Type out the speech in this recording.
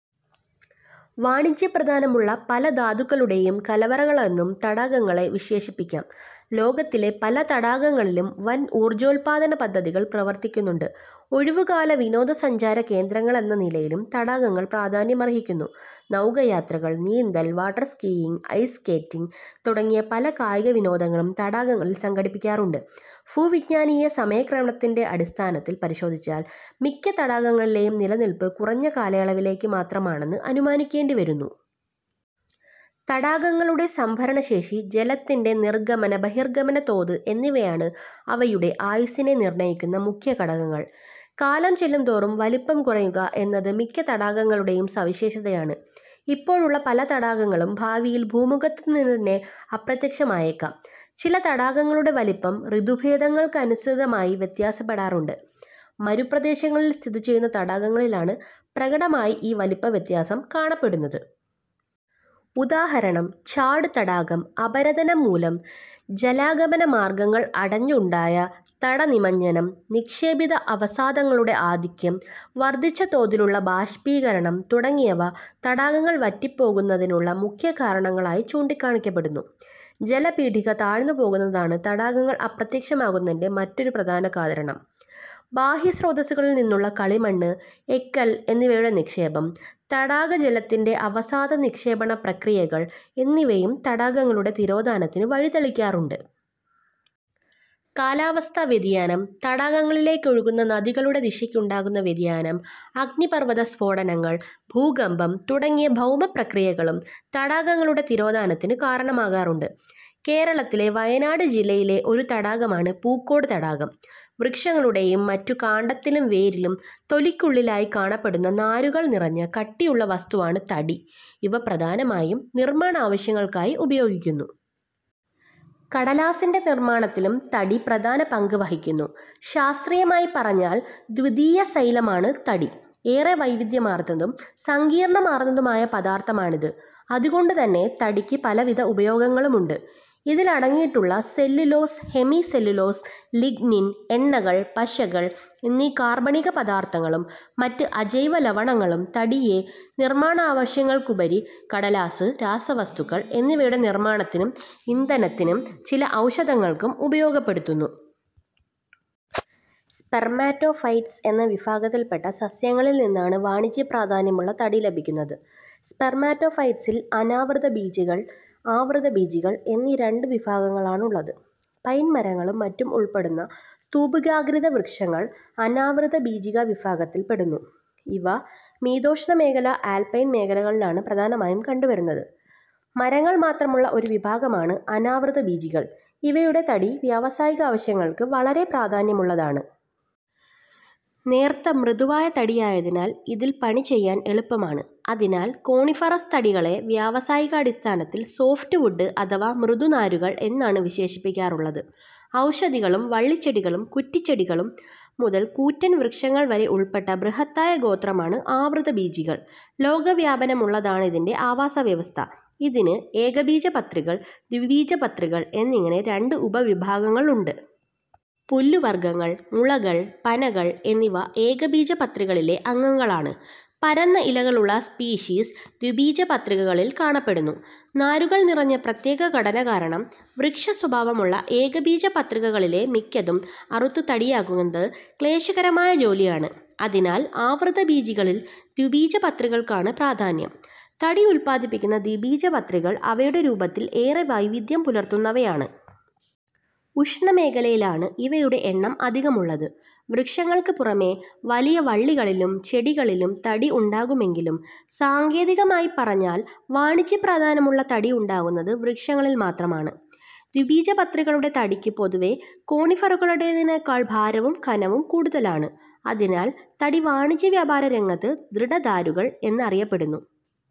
വാണിജ്യപ്രാധാന്യമുള്ള പല ധാതുക്കളുടേയും കലവറകളെന്നും തടാകങ്ങളെ വിശേഷിപ്പിക്കാം. ലോകത്തിലെ പല തടാകങ്ങളിലും വൻ ഊർജ്ജോത്പാദന പദ്ധതികൾ പ്രവർത്തിക്കുന്നുണ്ട്. ഒഴിവുകാല-വിനോദസഞ്ചാര കേന്ദ്രങ്ങളെന്ന നിലയിലും തടാകങ്ങൾ പ്രാധാന്യമർഹിക്കുന്നു. നൌകായാത്രകൾ, നീന്തൽ, വാട്ടർ സ്കീയിങ്, ഐസ് സ്കേറ്റിങ് തുടങ്ങിയ പല കായിക-വിനോദങ്ങളും തടാകങ്ങളിൽ സംഘടിപ്പിക്കാറുണ്ട്. ഭൂവിജ്ഞാനീയ സമയ ക്രമത്തിന്റെ അടിസ്ഥാനത്തിൽ പരിശോധിച്ചാൽ മിക്ക തടാകങ്ങളുടെയും നിലനില്പ് കുറഞ്ഞ കാലയളവിലേക്കു മാത്രമാ ണെന്ന് അനുമാനിക്കേണ്ടിവരുന്നു. തടാകങ്ങളുടെ സംഭരണശേഷി, ജലത്തിന്റെ നിർഗമന-ബഹിർഗമന തോത് എന്നിവയാണ് ഇവയുടെ ആയുസ്സിനെ നിർണയിക്കുന്ന മുഖ്യഘടകങ്ങൾ. കാലം ചെല്ലുന്തോറും വലിപ്പം കുറയുക എന്നത് മിക്ക തടാകങ്ങളുടേ യും സവിശേഷതയാണ്. ഇപ്പോഴുള്ള പല തടാകങ്ങളും ഭാവിയിൽ ഭൂമുഖത്തുനിന്നുതന്നെ അപ്രത്യക്ഷമായെന്നുവരാം. ചില തടാകങ്ങളുടെ വലിപ്പം ഋതുഭേദങ്ങൾക്കനുസൃതമായി വ്യത്യാസപ്പെടുന്നുണ്ട്. മരുപ്രദേശങ്ങളിൽ സ്ഥിതിചെയ്യുന്ന തടാകങ്ങളിലാണ് പ്രകടമായി ഈ വലിപ്പ വ്യത്യാസം കാണപ്പെടുന്നത്. ഉദാ. ഛാഡ് തടാകം. അപരദനംമൂലം ജലാഗമനമാർഗങ്ങൾ അടഞ്ഞുണ്ടാകുന്ന തടനിമജ്ജനം, നിക്ഷേപിത അവസാദങ്ങളുടെ ആധിക്യം, വർധിച്ച തോതിലുള്ള ബാഷ്പീകരണം തുടങ്ങിയവ തടാകങ്ങൾ വറ്റിപ്പോകുന്നതിനുള്ള മുഖ്യകാരണങ്ങളായി ചൂണ്ടിക്കാണിക്കപ്പെടുന്നു. ജലപീഠിക താഴ്ന്നുപോകുന്നതാണ് തടാകങ്ങൾ അപ്രത്യ ക്ഷമാകുന്നതിന്റെ മറ്റൊരു പ്രധാന കാരണം. ബാഹ്യസ്രോതസ്സുക ളിൽ നിന്നുള്ള കളിമണ്ണ്, എക്കൽ എന്നിവയുടെ നിക്ഷേപം, തടാക ജലത്തിന്റെ അവസാദ-നിക്ഷേപണ പ്രക്രിയകൾ എന്നിവയും തടാകങ്ങളുടെ തിരോധാനത്തിനു വഴിതെളിക്കാറുണ്ട്. കാലാവസ്ഥാ വ്യതിയാനം, തടാകങ്ങളിലേക്കൊഴുകുന്ന നദികളുടെ ദിശയ്ക്കുണ്ടാകുന്ന വ്യതിയാനം, അഗ്നിപർവത സ്ഫോടനങ്ങൾ, ഭൂകമ്പം തുടങ്ങിയ ഭൗമപ്രക്രിയകളും തടാകങ്ങളുടെ തിരോധാനത്തിനു കാരണമാകാറുണ്ട്. കേരളത്തിലെ വയനാട് ജില്ലയിലെ ഒരു തടാകമാണ് പൂക്കോട് തടാകം. വൃക്ഷങ്ങളുടേയും മറ്റും കാണ്ഡത്തിലും വേരിലും തൊലിക്കുള്ളിലായി കാണപ്പെടുന്ന നാരുകൾ നിറഞ്ഞ കട്ടിയുള്ള വസ്തുവാണ് തടി. ഇവ പ്രധാനമായും നിർമ്മാണാവശ്യങ്ങൾക്കായി ഉപയോഗിക്കുന്നു. കടലാസിന്റെ നിർമ്മാണത്തിലും തടി പ്രധാന പങ്ക് വഹിക്കുന്നു. ശാസ്ത്രീയമായി പറഞ്ഞാൽ ദ്വിതീയസൈലമാണ് തടി. ഏറെ വൈവിധ്യമാർന്നതും സങ്കീർണമായതുമായ പദാർഥമാണിത്. അതുകൊണ്ടുതന്നെ തടിക്ക് പലവിധ ഉപയോഗങ്ങളുമുണ്ട്. ഇതിലടങ്ങിയിട്ടുള്ള സെല്ലുലോസ്, ഹെമിസെല്ലുലോസ്, ലിഗ്നിൻ, എണ്ണകൾ, പശകൾ എന്നീ കാർബണിക പാദാർഥങ്ങളും മറ്റ് അജൈവ ലവണങ്ങളും തടിയെ നിർമ്മാണാവശ്യങ്ങൾക്കുപരി കടലാസ്, രാസവസ്തുക്കൾ എന്നിവയുടെ നിർമ്മാണത്തിനും ഇന്ധനത്തിനും ചില ഔഷധങ്ങൾക്കും ഉപയോഗപ്പെടുത്തുന്നു. സ്പെർമാറ്റോഫൈറ്റ്സ് എന്ന വിഭാഗത്തിൽപ്പെട്ട സസ്യങ്ങളിൽ നിന്നാണ് വാണിജ്യപ്രാധാന്യമുള്ള തടി ലഭിക്കുന്നത്. സ്പെർമാറ്റോഫൈറ്റ്സിൽ അനാവൃതബീജികൾ, ആവൃതബീജികൾ എന്നീ രണ്ടു വിഭാഗങ്ങളാണുള്ളത്. പൈൻമരങ്ങളും മറ്റും ഉൾപ്പെടുന്ന സ്തൂപികാഗ്രിതവൃക്ഷങ്ങൾ അനാവൃതബീജിവിഭാഗത്തിൽപ്പെടുന്നു. ഇവ മിതോഷ്ണമേഖലാ ആൽപൈൻ മേഖലകളിലാണ് പ്രധാനമായും കണ്ടുവരുന്നത്. മരങ്ങൾ മാത്രമുള്ള ഒരു വിഭാഗമാണ് അനാവൃതബീജികൾ. ഇവയുടെ തടി വ്യാവസായികാവശ്യങ്ങൾക്ക് വളരെ പ്രാധാന്യമുള്ളതാണ്. നേർത്തു മൃദുവായ തടിയായതിനാൽ ഇതിൽ പണിചെയ്യാൻ എളുപ്പമാണ്. അതിനാൽ കോണിഫറസ് തടികളെ വ്യാവസായികാടിസ്ഥാനത്തിൽ സോഫ്റ്റ് വുഡ് അഥവാ മൃദുനാരുകൾ എന്നാണ് വിശേഷിപ്പിക്കാറുള്ളത്. ഔഷധികളും വള്ളിച്ചെടികളും കുറ്റിച്ചെടികളും മുതൽ കൂറ്റൻ വൃക്ഷങ്ങൾ വരെ ഉൾപ്പെട്ട ബൃഹത്തായ ഗോത്രമാണ് ആവൃതബീജികൾ. ലോകവ്യാപനമുള്ളതാണിതിന്റെ ആവാസ വ്യവസ്ഥ. ഇതിന് ഏകബീജപത്രികൾ, ദ്വിബീജപത്രികൾ എന്നിങ്ങനെ രണ്ട് ഉപവിഭാഗങ്ങളുണ്ട്. പുല്ലുവർഗങ്ങൾ, മുളകൾ, പനകൾ എന്നിവ ഏകബീജപത്രികളിലെ അംഗങ്ങളാണ്. പരന്ന ഇലകളുള്ള സ്പീഷീസ് ദ്വിബീജപത്രികളിൽപ്പെടുന്നു. നാരുകൾ നിറഞ്ഞ പ്രത്യേക ഘടനകാരണം വൃക്ഷസ്വഭാവമുളള ഏകബീജപത്രികളിലെ മിക്കതും അറുത്ത് തടിയാക്കുന്നത് ക്ലേശകരമായ ജോലിയാണ്. അതിനാൽ ആവൃതബീജികളിൽ ദ്വിബീജപത്രികൾക്കാണ് പ്രാധാന്യം. തടി ഉത്പാദിപ്പിക്കുന്ന ദ്വിബീജപത്രികൾ അവയുടെ രൂപത്തിൽ ഏറെ വൈവിധ്യം പുലർത്തുന്നവയാണ്. ഉഷ്ണമേഖലയിലാണ് ഇവയുടെ എണ്ണം അധികമുള്ളത്. വൃക്ഷങ്ങൾക്കു പുറമേ വലിയ വള്ളികളിലും ചെടികളിലും തടി ഉണ്ടാകുമെങ്കിലും സാങ്കേതികമായി പറഞ്ഞാൽ വാണിജ്യ പ്രാധാന്യമുള്ള തടി ഉണ്ടാകുന്നത് വൃക്ഷങ്ങളിൽ മാത്രമാണ്. ദ്വിബീജപത്രികളുടെ തടിക്ക് പൊതുവേ കോണിഫറുകളുടേതിനേക്കാൾ ഭാരവും ഘനവും കൂടുതലാണ്. അതിനാൽ തടി വാണിജ്യ വ്യാപാര രംഗത്ത് ദൃഢദാരുകൾ എന്നറിയപ്പെടുന്നു.